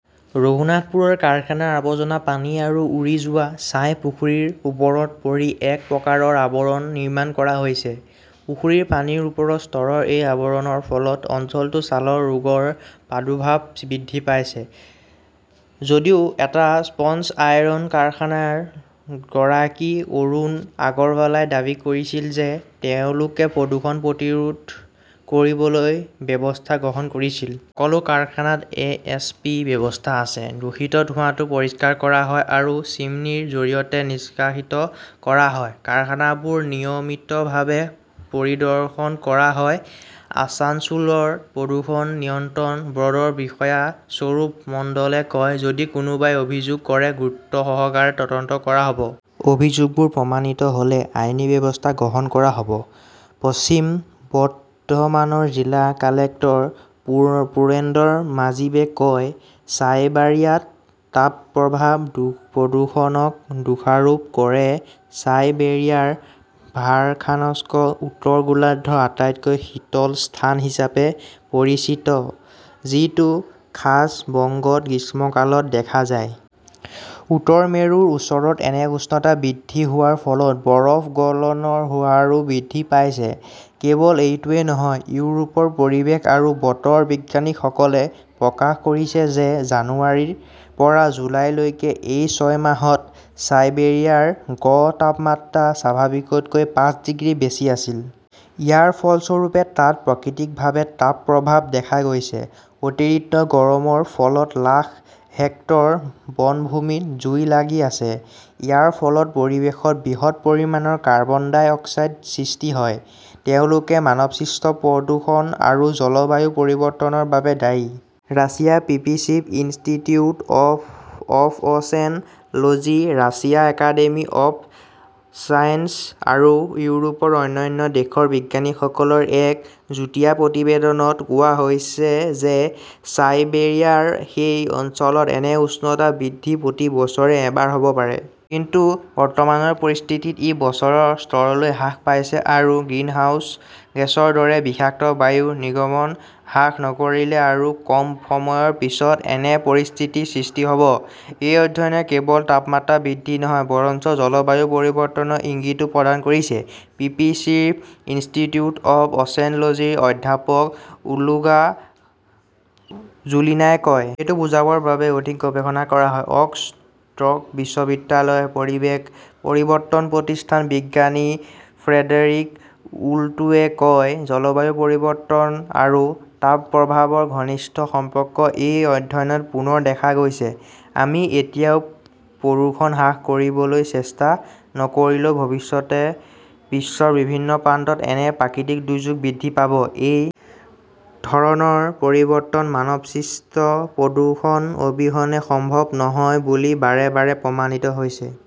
ৰঘুনাথপুৰত কাৰখানাৰ আৱৰ্জনা পানী আৰু উৰি যোৱা ছাই পুখুৰীৰ ওপৰত পৰি এক প্ৰকাৰৰ আৱৰণ নিৰ্মাণ কৰা হৈছে। পুখুৰীৰ পানীৰ ওপৰৰ স্তৰৰ এই আৱৰণৰ ফলত অঞ্চলটোত ছালৰ ৰোগৰ প্ৰাদুৰ্ভাৱ বৃদ্ধি পাইছে। যদিও এটা স্পঞ্জ আইৰণ কাৰখানাৰ গৰাকী অৰুণ আগৰৱালে দাবী কৰিছিল যে তেওঁলোকে প্ৰদূষণ প্ৰতিৰোধ কৰিবলৈ ব্যৱস্থা গ্ৰহণ কৰিছিল। সকলো কাৰখানাত 'ইএছপি ব্যৱস্থা আছে। দূষিত ধোঁৱাটো পৰিষ্কাৰ কৰা হয় আৰু চিমনীৰ জৰিয়তে নিষ্কাশিত কৰা হয়। কাৰখানাবোৰ নিয়মিতভাৱে পৰিদৰ্শন কৰা হয়, আছানছোলৰ প্ৰদূষণ নিয়ন্ত্ৰণ বৰ্ডৰ বিষয়া স্বৰূপ মণ্ডলে কয়। যদি কোনোবাই অভিযোগ কৰে, গুৰুত্বসহকাৰে তদন্ত কৰা হব। অভিযোগবোৰ প্ৰমাণিত হলে আইনী ব্যৱস্থা গ্ৰহণ কৰা হব, পশ্চিম বৰ্ধমানৰ জিলা কালেক্টৰ পুৰণেন্দু মাজিৱে কয়, চাইবাৰিয়াত তাপপ্ৰবাহ, প্ৰদূষণক দোষাৰোপ কৰে চাইবেৰিয়াৰ ভাৰখানস্ক উত্তৰ গোলাৰ্ধৰ আটাইতকৈ শীতল স্থান হিচাপে পৰিচিত। যিটো খাছ বংগত গ্ৰীষ্মকালত দেখা যায়। উত্তৰ মেৰুৰ ওচৰত এনে উষ্ণতা বৃদ্ধি হোৱাৰ ফলত বৰফ গলনৰ হাৰো বৃদ্ধি পাইছে। কেৱল এইটোৱেই নহয়, ইউৰোপৰ পৰিৱেশ আৰু বতৰ বিজ্ঞানীসকলে প্ৰকাশ কৰিছে যে জানুৱাৰীৰ পৰা জুনলৈকে এই ছয় মাহত চাইবেৰিয়াৰ গড় তাপমাত্ৰা স্বাভাৱিকতকৈ পাঁচ ডিগ্ৰী বেছি আছিল। ইয়াৰ ফলস্বৰূপে তাত প্ৰাকৃতিকভাৱে তাপপ্ৰবাহ দেখা গৈছিল। অতিৰিক্ত গৰমৰ ফলত লাখ হেক্টৰ বনভূমিত জুই লাগি আছে। ইয়াৰ ফলত পৰিৱেশত বৃহৎ পৰিমাণৰ কাৰ্বন ডাই অক্সাইডৰ সৃষ্টি হয়। তেওঁলোকে মানৱসৃষ্ট প্ৰদূষণ আৰু জলবায়ু পৰিৱৰ্তনৰ বাবে দায়ী। ৰাছিয়াৰ P P Shirshov institute of 'oceanology, Russian academy of science আৰু ইউৰোপৰ অন্যান্য দেশৰ বিজ্ঞানীসকলৰ এক যুটীয়া প্ৰতিবেদনত কোৱা হৈছে যে চাইবাৰিয়াৰ সেই অঞ্চলত এনে উষ্ণতা বৃদ্ধি প্ৰতি বছৰে এবাৰ হ 'ব পাৰে। কিন্তু বৰ্তমানৰ পৰিস্থিতিত ই বছৰৰ স্তৰলৈ হ্ৰাস পাইছে আৰু গ্ৰিনহাউজ গেছৰ দৰে বিষাক্ত বায়ু নিৰ্গমন হ্ৰাস নকৰিলে আৰু কম সময়ৰ পিছত এনে পৰিস্থিতিৰ সৃষ্টি হ 'ব। এই অধ্যয়নে কেৱল তাপমাত্ৰা বৃদ্ধি নহয় বৰঞ্চ জলবায়ু পৰিৱৰ্তনৰ ইংগিতও প্ৰদান কৰিছে, পিপি চিৰছভ ইনষ্টিটিউট অৱ অচেন লজীৰ অধ্যাপক ওলগা জোলিনাই কয়। সেইটো বুজাৰ বাবে অধিক গৱেষণা কৰা হব। অক্সফ 'ৰ্ড বিশ্ববিদ্যালয়ৰ পৰিৱেশ পৰিৱৰ্তন প্ৰতিষ্ঠানৰ বিজ্ঞানী ফ্ৰেডেৰিক ওল্টোৱে কয়, জলবায়ু পৰিৱৰ্তন আৰু তাপপ্ৰবাহৰ ঘনিষ্ঠ সম্পৰ্ক এই অধ্যয়নত পুনৰ দেখা গৈছে। আমি এতিয়াও প্ৰদূষণ হ্ৰাস কৰিবলৈ চেষ্টা নকৰিলে-ভৱিষ্যতে বিশ্বৰ বিভিন্ন প্ৰান্তত এনে প্ৰাকৃতিক দুৰ্যোগ বৃদ্ধি পাব। এই ধৰণৰ পৰিৱৰ্তন মানৱসৃষ্ট প্ৰদূষণ অবিহনে সম্ভৱ নহয় বুলি বাৰে বাৰে প্ৰমাণিত হৈছে।